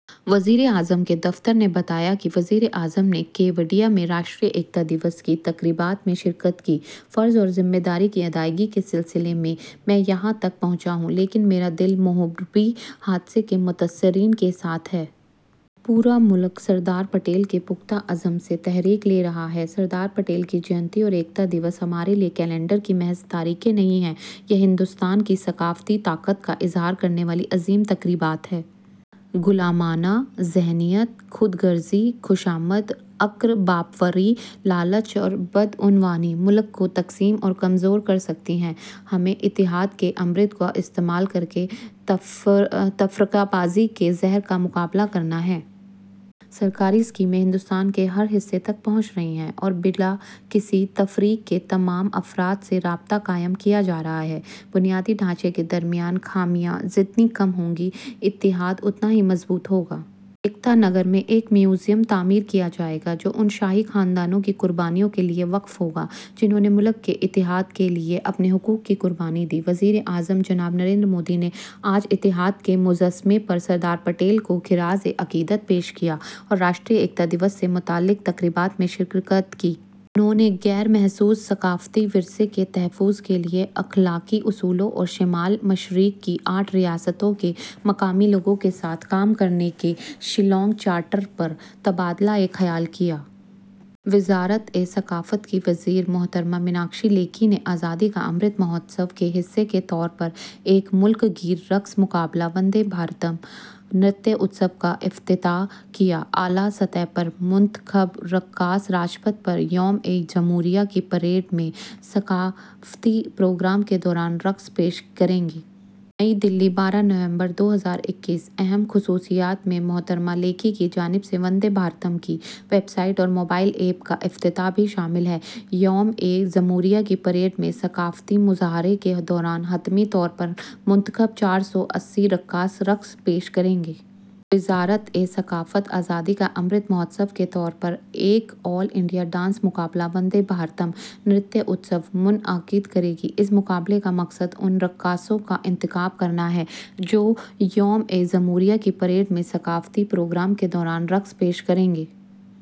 وزیر اعظم کے دفتر نے بتایا کہ وزیر اعظم نے کیوڈیا میں راشٹریہ ایکتا دیوس کی تقریبات میں شرکت کی۔ فرض اور ذمہ داری کی ادائیگی کے سلسلے میں میں یہاں تک پہنچا ہوں، لیکن میرا دل موربی حادثے کے متاثرین کے ساتھ ہے۔ پورا ملک سردار پٹیل کے پختہ عزم سے تحریک لے رہا ہے۔ سردار پٹیل کی جینتی اور ایکتا دیوس ہمارے لیے کیلنڈر کی محض تاریخیں نہیں ہیں، یہ ہندوستان کی ثقافتی طاقت کا اظہار کرنے والی عظیم تقریبات ہیں۔ غلامانہ ذہنیت، خود غرضی، خوشامد، اقربا پروری، لالچ اور بدعنوانی ملک کو تقسیم اور کمزور کر سکتی ہیں۔ ہمیں اتحاد کے امرت کا استعمال کرکے تفرقہ بازی کے زہر کا مقابلہ کرنا ہے۔ سرکاری اسکیمیں ہندوستان کے ہر حصے تک پہنچ رہی ہیں اور بلا کسی تفریق کے تمام افراد سے رابطہ قائم کیا جا رہا ہے۔ بنیادی ڈھانچے کے درمیان خامیاں جتنی کم ہوں گی، اتحاد اتنا ہی مضبوط ہوگا۔ ایکتا نگر میں ایک میوزیم تعمیر کیا جائے گا جو ان شاہی خاندانوں کی قربانیوں کے لیے وقف ہوگا جنہوں نے ملک کے اتحاد کے لیے اپنے حقوق کی قربانی دی۔ وزیر اعظم جناب نریندر مودی نے آج اتحاد کے مجسمے پر سردار پٹیل کو خراج عقیدت پیش کیا اور راشٹریہ ایکتا دیوس سے متعلق تقریبات میں شرکت کی۔ انہوں نے غیر محسوس ثقافتی ورثے کے تحفظ کے لیے اخلاقی اصولوں اور شمال مشرق کی آٹھ ریاستوں کے مقامی لوگوں کے ساتھ کام کرنے کے شیلانگ چارٹر پر بھی تبادلہ خیال کیا۔ وزارت ثقافت کی وزیر محترمہ میناکشی لیکھی نے آزادی کا امرت مہوتسو کے حصے کے طور پر ایک ملک گیر رقص مقابلہ وندے بھارتم، نرتیہ اتسو کا افتتاح کیا۔ اعلیٰ سطح پر منتخب رقاص راج پتھ پر یوم جمہوریہ کی پریڈ میں ثقافتی پروگرام کے دوران رقص پیش کریں گے۔ نئی دہلی، بارہ نومبر دو ہزار اکیس۔ اہم خصوصیات میں محترمہ لیکھی کی جانب سے وندے بھارتم کی ویب سائٹ اور موبائل ایپ کا افتتاح بھی شامل ہے۔ یوم جمہوریہ کی پریڈ میں ثقافتی مظاہرے کے دوران حتمی طور پر منتخب چار سو اسی رقاص رقص پیش کریں گے۔ وزارت ثقافت آزادی کا امرت مہوتسو کے طور پر ایک آل انڈیا ڈانس مقابلہ وندے بھارتم، نرتیہ اتسو منعقد کرے گی۔ اس مقابلے کا مقصد ان رقاصوں کا انتخاب کرنا ہے جو یوم جمہوریہ کی پریڈ میں ثقافتی پروگرام کے دوران رقص پیش کریں گے۔